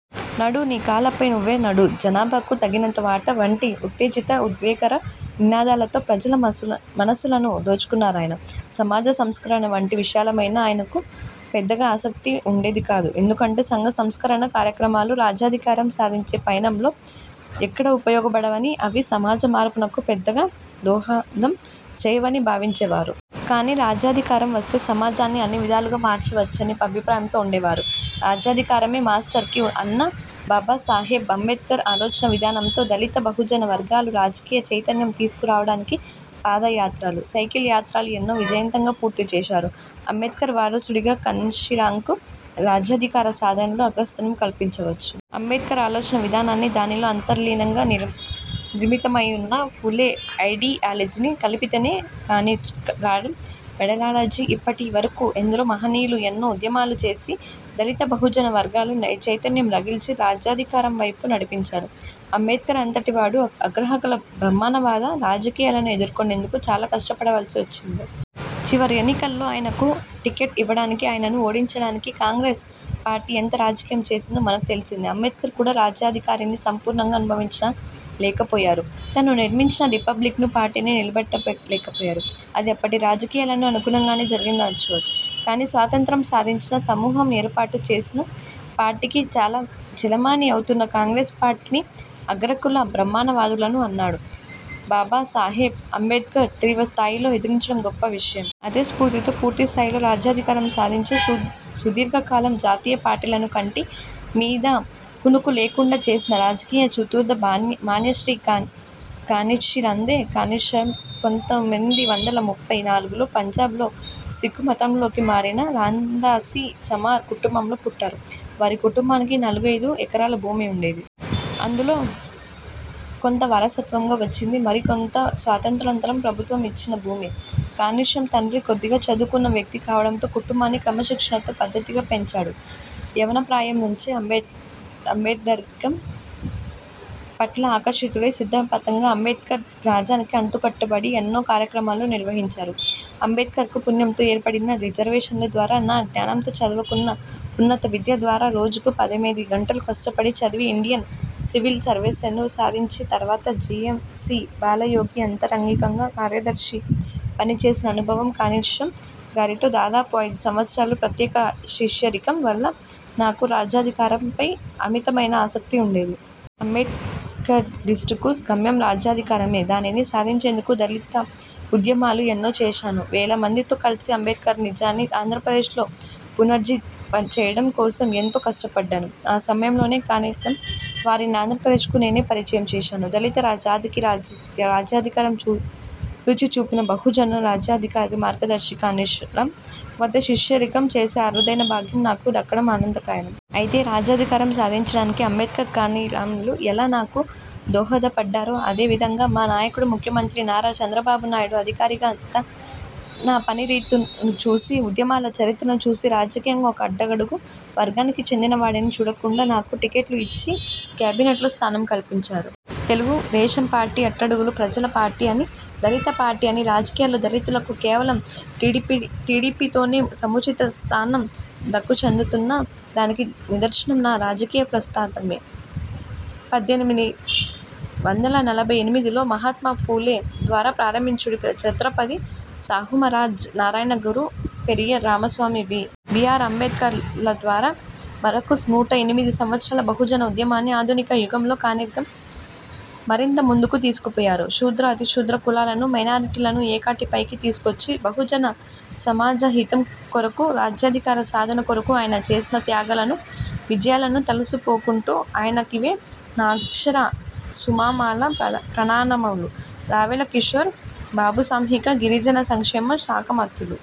నడు, నీ కాళ్లపై నువ్వే నడు'', ''జనాభాకు తగినంత వాటా'' వంటి ఉత్తేజిత ఉద్వేగకర నినాదాలతో ప్రజల మనసులను దోచుకున్నరాయన. సమాజ సంస్కరణ వంటి విషయాలపైన ఆయనకు పెద్దగా ఆసక్తి ఉండేది కాదు. ఎందుకంటే సంఘ సంస్కరణ కార్యక్రమాలు రాజ్యాధికారం సాధించే పయనంలో ఎక్కడా ఉపయోగపడవని, అవి సమాజ మార్పునకు పెద్దగా దోహదం చేయవని భావించే వారు. కాని రాజ్యాధికారం వస్తే సమాజాన్ని అన్ని విధాలుగా మార్చవచ్చనే అభిప్రాయంతో ఉండేవారు. రాజ్యాధికారమే ''మాస్టర్ కీ'' అన్న బాబాసాహెబ్ అంబేడ్కర్ ఆలోచన విధానంతో దళిత, బహుజన వర్గాల్లో రాజకీయ చైతన్యం తీసుకురావడానికి పాదయాత్రలు, సైకిల్ యాత్రలు ఎన్నో విజయవంతంగా పూర్తి చేశారు. అంబేడ్కర్ వారసుడిగా కాన్షీరాంకు రాజ్యాధికార సాధనలో అగ్రస్థానం కల్పించవచ్చు. అంబేడ్కర్ ఆలోచన విధానాన్ని, దానిలో అంతర్లీనంగా నిర్మితమైయున్న ఫూలే ఐడియాలజీని కలిపితేనే కాన్షీరాం మెథడాలజీ. ఇప్పటి వరకు ఎందరో మహనీయులు ఎన్నో ఉద్యమాలు చేసి దళిత, బహుజన వర్గాల్లో చైతన్యం రగిల్చి, రాజ్యాధికారం వైపు నడిపించారు. అంబేడ్కర్ అంతటి వాడు అగ్రకుల, బ్రహ్మణవాద రాజకీయాలను ఎదుర్కొనేందుకు చాలా కష్టపడవలసి వచ్చింది. చివరి ఎన్నికల్లో ఆయనకు టిక్కెట్ ఇవ్వడానికి, ఆయనను ఓడించడానికి కాంగ్రెస్ పార్టీ ఎంత రాజకీయం చేసిందో మనకు తెలిసిందే. అంబేడ్కర్ కూడా రాజ్యాధికారాన్ని సంపూర్ణంగా అనుభవించ లేకపోయారు. తను నిర్మించిన రిపబ్లికన్ పార్టీని నిలబెట్టలేకపోయారు. అది అప్పటి రాజకీయాలకు అనుగుణంగానే జరిగిందనవచ్చును. కానీ స్వాతంత్య్రం సాధించిన సమూహం ఏర్పాటు చేసిన పార్టీగా చెలామణి అవుతున్న కాంగ్రెస్ పార్టీని, అగ్రకుల బ్రహ్మాణవాదులను ఆనాడు బాబాసాహెబ్ అంబేడ్కర్ తీవ్రస్థాయిలోనే ఎదిరించడం గొప్ప విషయం. అదే స్ఫూర్తితో పూర్తిస్థాయిలో రాజ్యాధికారం సాధించి సుధీర్ఘ కాలం జాతీయ పార్టీలకు కంటి మీద కునుకు లేకుండా చేసిన రాజకీయ చతురత మాన్యశ్రీ కాన్షీరాందే. కాన్షీరాం పంతొమ్మిది వందల ముప్పై నాలుగులో పంజాబ్లో సిక్కుమతంలోకి మారిన రాందాసీ చమార్ కుటుంబంలో పుట్టారు. వారి కుటుంబానికి నాలుగైదు ఎకరాల భూమి ఉండేది. అందులో కొంత వారసత్వంగా వచ్చింది. మరికొంత స్వాతంత్య్రనంతరం ప్రభుత్వం ఇచ్చిన భూమి. కాన్షీరాం తండ్రి కొద్దిగా చదువుకున్న వ్యక్తి కావడంతో కుటుంబాన్ని క్రమశిక్షణతో, పద్ధతిగా పెంచాడు. యౌవనప్రాయం నుంచే అంబేడ్కరిజం పట్ల ఆకర్షితుడై సిద్ధాంతపరంగా అంబేడ్కరిజానికి అంటుకట్టబడి ఎన్నో కార్యక్రమాలను నిర్వహించాను. అంబేడ్కర్ పుణ్యంతో ఏర్పడిన రిజర్వేషన్ల ద్వారా నా జ్ఞానంతో చదు వుకున్న ఉన్నతవిద్య ద్వారా రోజుకు పద్దెనిమిది గంటలు కష్టపడి చదివి ఇండియన్ సివిల్ సర్వీసెస్ను సాధించిన తర్వాత, జీయంసీ బాలయోగి అంతరంగిక కార్యదర్శిగా పనిచేసిన అనుభవం, కాన్షీరాం గారితో దాదాపు ఐదు సంవత్సరాలు ప్రత్యక శిష్యరికం వల్ల నాకు రాజ్యాధికారంపై అమితమైన ఆసక్తి ఉండేది. అంబేడ్కరిస్టుకు గమ్యం రాజ్యాధికారమే. దానిని సాధించేందుకు దళిత ఉద్యమాలు ఎన్నో చేశాను. వేలమందితో కలిసి అంబేడ్కరిజాన్ని ఆంధ్రప్రదేశ్లో పునరుజ్జీవింపచేయడం కోసం ఎంతో కష్టపడ్డాను. ఆ సమయంలోనే కాన్షీరాం గారిని ఆంధ్రప్రదేశ్కు నేనే పరిచయం చేశాను. దళిత జాతికి రాజ్యాధికారం రుచిచూపిన బహుజన రాజ్యాధికార మార్గదర్శి కాన్షీరాం వద్ద శిష్యరికం చేసే అరుదైన భాగ్యం నాకు దక్కడం ఆనందదాయకం. అయితే రాజ్యాధికారం సాధించడానికి అంబేడ్కర్, కానీరాంలు ఎలా నాకు దోహదపడ్డారో అదే విధంగా మా నాయకుడు, ముఖ్యమంత్రి నారా చంద్రబాబు నాయుడు అధికారిగా నా పనితీరును చూసి ఉద్యమాల చరిత్రను చూసి రాజకీయంగా ఒక అట్టడుగు వర్గానికి చెందినవాడినని చూడకుండా, నాకు టిక్కెట్టు ఇచ్చి, కేబినేట్లో స్థానం కల్పించారు. తెలుగుదేశం పార్టీ అట్టడుగు ప్రజల పార్టీ అని, దళిత పార్టీ అని, రాజకీయాల్లో దళితులకు కేవలం టీడీపీతోనే సముచిత స్థానం దక్కుచెందుతున్న దానికి నిదర్శనం నా రాజకీయ ప్రస్థానమే. పద్దెనిమిది వందల నలభై ఎనిమిదిలో మహాత్మా ఫూలే ద్వారా ప్రారంభించబడి Chhatrapati Sahu Maharaj, Narayana Guru, Periyar Ramaswamy, B. B R. అంబేడ్కర్ల ద్వారా వరకు నూట ఎనిమిది సంవత్సరాల బహుజన ఉద్యమాన్ని ఆధునిక యుగంలో కానీరాం మరింత ముందుకు తీసుకుపోయారు. శూద్ర, అతిశూద్ర కులాలను, మైనారిటీలను ఏకతాటిపైకి తీసుకొచ్చి బహుజన సమాజహితం కొరకు రాజ్యాధికార సాధన కొరకు ఆయన చేసిన త్యాగాలను, విజయాలను తలపోసుకుంటూ ఆయనకివే నా అక్షర సుమమాలల ప్రణామములు. రావెల కిషోర్ బాబుసాంఘిక, గిరిజన సంక్షేమ శాఖామాత్యులు